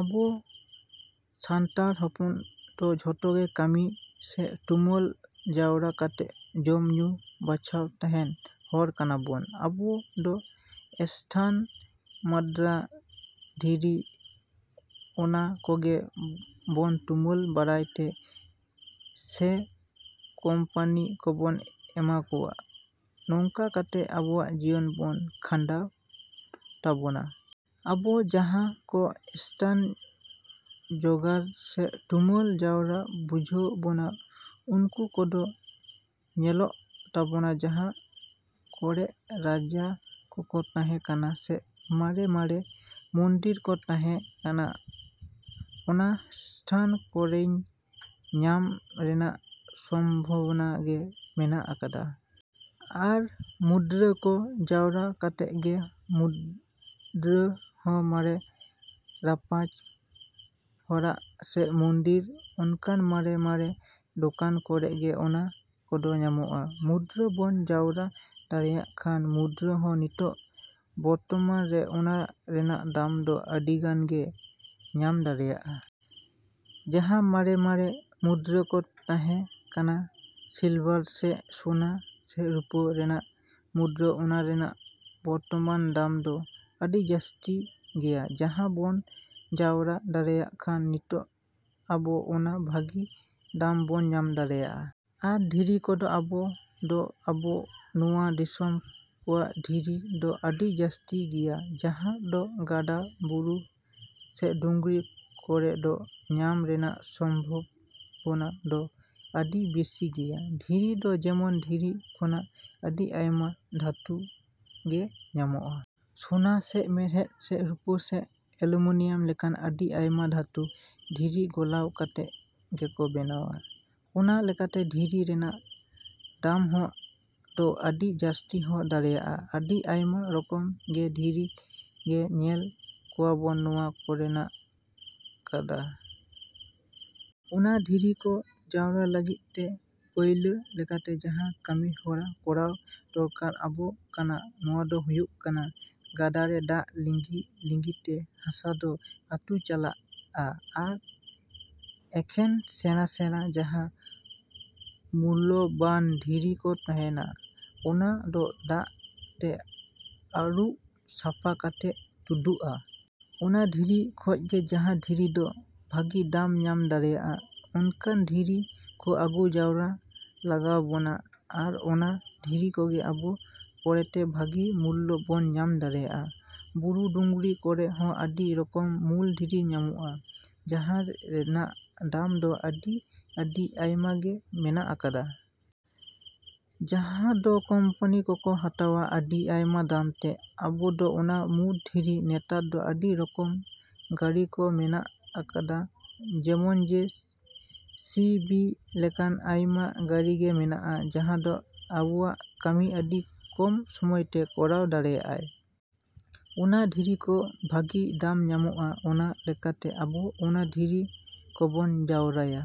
‎ᱟᱵᱚ ᱥᱟᱱᱛᱟᱲ ᱦᱚᱯᱚᱱ ᱫᱚ ᱡᱷᱚᱛᱚ ᱜᱮ ᱠᱟᱹᱢᱤ ᱥᱮ ᱛᱩᱢᱟᱹᱞ ᱡᱟᱣᱨᱟ ᱠᱟᱛᱮᱜ ᱡᱚᱢ ᱧᱩ ᱵᱟᱧᱪᱟᱣ ᱛᱟᱦᱮᱱ ᱦᱚᱲ ᱠᱟᱱᱟ ᱵᱚᱱ᱾ ᱟᱵᱚ ᱫᱚ ᱮᱥᱛᱷᱟᱱ, ᱢᱩᱫᱽᱨᱟ, ᱫᱷᱤᱨᱤ ᱚᱱᱟ ᱠᱚᱜᱮ ᱵᱚᱱ ᱛᱩᱢᱟᱹᱞ ᱵᱟᱲᱟᱭ ᱛᱮ ᱥᱮ ᱠᱚᱢᱯᱟᱱᱤ ᱠᱚᱵᱚᱱ ᱮᱢᱟ ᱠᱚᱣᱟ ᱱᱚᱝᱠᱟ ᱠᱚᱛᱮ ᱟᱵᱚᱣᱟᱜ ᱡᱤᱭᱚᱱ ᱵᱚᱱ ᱠᱷᱟᱱᱰᱟᱣ ᱛᱟᱵᱚᱱᱟ᱾ ᱟᱵᱚ ᱡᱟᱦᱟᱸ ᱠᱚ ᱮᱥᱛᱷᱟᱱ ᱡᱚᱜᱟᱲ ᱥᱮ ᱛᱩᱢᱟᱹᱞ ᱡᱟᱣᱨᱟ ᱵᱩᱡᱷᱟᱹᱜ ᱵᱚᱱᱟ ᱩᱱᱠᱩ ᱠᱚᱫᱚ ᱧᱮᱞᱚᱜ ᱛᱟᱵᱚᱱᱟ ᱡᱟᱦᱟᱸ ᱠᱚᱨᱮᱜ ᱨᱟᱡᱟ ᱠᱚᱠᱚ ᱛᱟᱦᱮᱸ ᱠᱟᱱᱟ ᱥᱮ ᱢᱟᱨᱮᱼᱢᱟᱨᱮ ᱢᱚᱱᱫᱤᱨ ᱠᱚ ᱛᱟᱦᱮᱸ ᱠᱟᱱᱟ ᱚᱱᱟ ᱮᱥᱛᱷᱟᱱ ᱠᱚᱨᱮᱜ ᱧᱟᱢ ᱨᱮᱱᱟᱜ ᱥᱚᱢᱵᱷᱚᱵᱚᱱᱟ ᱜᱮ ᱢᱮᱱᱟᱜ ᱠᱟᱫᱟ᱾ ᱟᱨ ᱢᱩᱫᱽᱨᱟ ᱠᱚ ᱡᱟᱣᱨᱟ ᱠᱚᱛᱮ ᱜᱮ ᱢᱩᱫᱽᱨᱟ ᱦᱚᱸ ᱢᱟᱨᱮ ᱨᱟᱯᱟᱡᱽ ᱦᱚᱲᱟᱜ ᱥᱮ ᱢᱚᱱᱫᱤᱨ ᱚᱱᱠᱟᱱ ᱢᱟᱨᱮᱼᱢᱟᱨᱮ ᱫᱚᱠᱟᱱ ᱠᱚᱨᱮ ᱜᱮ ᱚᱱᱟ ᱠᱚᱫᱚ ᱧᱟᱢᱚᱜᱼᱟ᱾ ᱢᱩᱫᱽᱨᱟ ᱵᱚᱱ ᱡᱟᱣᱨᱟ ᱫᱟᱲᱮᱭᱟᱜ ᱠᱷᱟᱱ ᱢᱩᱫᱽᱨᱟ ᱦᱚᱸ ᱱᱤᱛᱚᱜ ᱵᱚᱨᱛᱚᱢᱟᱱ ᱨᱮ ᱚᱱᱟ ᱨᱮᱱᱟᱜ ᱫᱟᱢ ᱫᱚ ᱟᱹᱰᱤᱜᱟᱱ ᱜᱮ ᱧᱟᱢ ᱫᱟᱲᱮᱭᱟᱜᱼᱟ᱾ ᱡᱟᱦᱟᱸ ᱢᱟᱨᱮᱼᱢᱟᱨᱮ ᱢᱩᱫᱽᱨᱟ ᱠᱚ ᱛᱟᱦᱮᱸ ᱠᱟᱱᱟ ᱥᱤᱞᱵᱷᱟᱨ ᱥᱮ ᱥᱳᱱᱟ ᱥᱮ ᱨᱩᱯᱟᱹ ᱨᱮᱱᱟᱜ ᱢᱩᱫᱽᱨᱟ ᱚᱱᱟ ᱨᱮᱱᱟᱜ ᱵᱚᱨᱛᱚᱢᱟᱱ ᱫᱟᱢ ᱫᱚ ᱟᱹᱰᱤ ᱡᱟᱹᱥᱛᱤ ᱜᱮᱭᱟ ᱡᱟᱦᱟᱸ ᱵᱚᱱ ᱡᱟᱣᱨᱟ ᱫᱟᱲᱮᱭᱟᱜ ᱠᱷᱟᱱ ᱱᱤᱛᱚᱜ ᱟᱵᱚ ᱚᱱᱟ ᱵᱷᱟᱹᱜᱤ ᱫᱟᱢ ᱵᱚᱱ ᱧᱟᱢ ᱫᱟᱲᱮᱭᱟᱜᱼᱟ᱾ ᱟᱨ ᱫᱷᱤᱨᱤ ᱠᱚᱫᱚ ᱟᱵᱚ ᱫᱚ ᱟᱵᱚ ᱱᱚᱣᱟ ᱫᱤᱥᱚᱢ ᱠᱚᱣᱟᱜ ᱫᱷᱤᱨᱤ ᱫᱚ ᱟᱹᱰᱤ ᱡᱟᱹᱥᱛᱤ ᱜᱮᱭᱟ ᱡᱟᱦᱟᱸ ᱫᱚ ᱜᱟᱰᱟ ᱵᱩᱨᱩ ᱥᱮ ᱰᱩᱝᱨᱤ ᱠᱚᱨᱮᱜ ᱫᱚ ᱧᱟᱢ ᱨᱮᱱᱟᱜ ᱥᱚᱢᱵᱷᱚᱵᱚᱱᱟ ᱫᱚ ᱟᱹᱰᱤ ᱵᱮᱥᱤ ᱜᱮᱭᱟ᱾ ᱫᱷᱤᱨᱤ ᱫᱚ ᱡᱮᱢᱚᱱ ᱫᱷᱤᱨᱤ ᱠᱷᱚᱱᱟᱜ ᱟᱹᱰᱤ ᱟᱭᱢᱟ ᱫᱷᱟᱹᱛᱩ ᱜᱮ ᱧᱟᱢᱚᱜᱼᱟ᱾ ᱥᱳᱱᱟ ᱥᱮ ᱢᱮᱲᱦᱮᱫ ᱥᱮ ᱨᱩᱯᱟᱹ ᱥᱮ ᱮᱞᱩᱢᱤᱱᱤᱭᱟᱢ ᱞᱮᱠᱟᱱ ᱟᱹᱰᱤ ᱟᱭᱢᱟ ᱫᱷᱟᱹᱛᱩ ᱫᱷᱤᱨᱤ ᱜᱚᱞᱟᱣ ᱠᱟᱛᱮᱜ ᱜᱮᱠᱚ ᱵᱮᱱᱟᱣᱟ᱾ ᱚᱱᱟ ᱞᱮᱠᱟᱛᱮ ᱫᱷᱤᱨᱤ ᱨᱮᱱᱟᱜ ᱫᱟᱢ ᱦᱚᱸ ᱫᱚ ᱟᱹᱰᱤ ᱡᱟᱹᱥᱛᱤ ᱦᱚᱸ ᱫᱟᱲᱮᱭᱟᱜᱼᱟ᱾ ᱟᱹᱰᱤ ᱟᱭᱢᱟ ᱨᱚᱠᱚᱢ ᱜᱮ ᱫᱷᱤᱨᱤ ᱜᱮ ᱧᱮᱞ ᱠᱚᱣᱟᱵᱚᱱ ᱱᱚᱣᱟ ᱠᱚᱨᱮ ᱢᱮᱱᱟᱜ ᱠᱟᱫᱟ᱾ ᱚᱱᱟ ᱫᱷᱤᱨᱤ ᱠᱚ ᱡᱟᱣᱨᱟ ᱞᱟᱹᱜᱤᱫ ᱛᱮ ᱯᱟᱹᱭᱞᱟᱹ ᱞᱮᱠᱟᱛᱮ ᱡᱟᱦᱟᱸ ᱠᱟᱹᱢᱤᱦᱚᱨᱟ ᱠᱚᱨᱟᱣ ᱫᱚᱨᱠᱟᱨ ᱟᱵᱚᱱ ᱠᱟᱱᱟ ᱱᱚᱣᱟ ᱫᱚ ᱦᱩᱭᱩᱜ ᱠᱟᱱᱟ ᱜᱟᱰᱟ ᱨᱮ ᱫᱟᱜ ᱞᱤᱸᱡᱤᱼᱞᱤᱸᱡᱤᱛᱮ ᱦᱟᱥᱟ ᱫᱚ ᱟᱹᱛᱩ ᱪᱟᱞᱟᱜᱼᱟ ᱟᱨ ᱮᱠᱷᱮᱱ ᱥᱮᱬᱟᱼᱥᱮᱬᱟ ᱡᱟᱦᱟᱸ ᱢᱩᱞᱞᱚᱵᱟᱱ ᱫᱷᱤᱨᱤ ᱠᱚ ᱛᱟᱦᱮᱱᱟ ᱚᱱᱟ ᱫᱚ ᱫᱟᱜ ᱛᱮ ᱟᱹᱨᱩᱵ ᱥᱟᱯᱷᱟ ᱠᱟᱛᱮᱜ ᱛᱩᱫᱩᱜᱼᱟ᱾ ᱚᱱᱟ ᱫᱷᱤᱨᱤ ᱠᱷᱚᱡ ᱜᱮ ᱡᱟᱦᱟᱸ ᱫᱷᱤᱨᱤ ᱫᱚ ᱵᱷᱟᱹᱜᱤ ᱫᱟᱢ ᱧᱟᱢ ᱫᱟᱲᱮᱜᱼᱟ ᱚᱱᱠᱟᱱ ᱫᱷᱤᱨᱤ ᱠᱚ ᱟᱹᱜᱩ ᱡᱟᱣᱨᱟ ᱞᱟᱜᱟᱣ ᱵᱚᱱᱟ ᱟᱨ ᱚᱱᱟ ᱫᱷᱤᱨᱤ ᱠᱚᱜᱮ ᱟᱵᱚ ᱯᱚᱨᱮᱛᱮ ᱵᱷᱟᱹᱜᱤ ᱢᱩᱞᱞᱚ ᱵᱚᱱ ᱧᱟᱢ ᱫᱟᱲᱮᱭᱟᱜᱼᱟ᱾ ᱵᱩᱨᱩ ᱰᱩᱝᱨᱤ ᱠᱚᱨᱮᱜ ᱦᱚᱸ ᱟᱹᱰᱤ ᱨᱚᱠᱚᱢ ᱢᱩᱞ ᱫᱷᱤᱨᱤ ᱧᱟᱢᱚᱜᱼᱟ ᱡᱟᱦᱟᱸ ᱨᱮᱱᱟᱜ ᱫᱟᱢ ᱫᱚ ᱟᱹᱰᱤᱼᱟᱹᱰᱤ ᱟᱭᱢᱟ ᱜᱮ ᱢᱮᱱᱟᱜ ᱠᱟᱫᱟ᱾ ᱡᱟᱦᱟᱸ ᱫᱚ ᱠᱚᱢᱯᱟᱱᱤ ᱠᱚᱠᱚ ᱦᱟᱛᱟᱣᱟ ᱟᱹᱰᱤ ᱟᱭᱢᱟ ᱫᱟᱢ ᱛᱮ᱾ ᱟᱵᱚ ᱫᱚ ᱚᱱᱟ ᱢᱩᱲ ᱫᱷᱤᱨᱤ ᱱᱮᱛᱟᱨ ᱫᱚ ᱟᱹᱰᱤ ᱨᱚᱠᱚᱢ ᱜᱟᱹᱲᱤ ᱠᱚ ᱢᱮᱱᱟᱜ ᱟᱠᱟᱫᱟ ᱡᱮᱢᱚᱱ ᱡᱮ ᱥᱤ ᱵᱤ ᱞᱮᱠᱟᱱ ᱟᱭᱢᱟ ᱜᱟᱹᱲᱤ ᱜᱮ ᱢᱮᱱᱟᱜᱼᱟ ᱡᱟᱦᱟᱸ ᱫᱚ ᱟᱵᱚᱣᱟᱜ ᱠᱟᱹᱢᱤ ᱟᱹᱰᱤ ᱠᱚᱢ ᱥᱚᱢᱚᱭ ᱛᱮ ᱠᱚᱨᱟᱣ ᱫᱟᱲᱮᱭᱟᱜᱼᱟᱭ᱾ ᱚᱱᱟ ᱫᱷᱤᱨᱤ ᱠᱚ ᱵᱷᱟᱹᱜᱤ ᱫᱟᱢ ᱧᱟᱢᱚᱜᱼᱟ᱾ ᱚᱱᱟ ᱞᱮᱠᱟ ᱛᱮ ᱟᱵᱚ ᱚᱱᱟ ᱫᱷᱤᱨᱤ ᱠᱚᱵᱚᱱ ᱡᱟᱣᱨᱟᱭᱟ।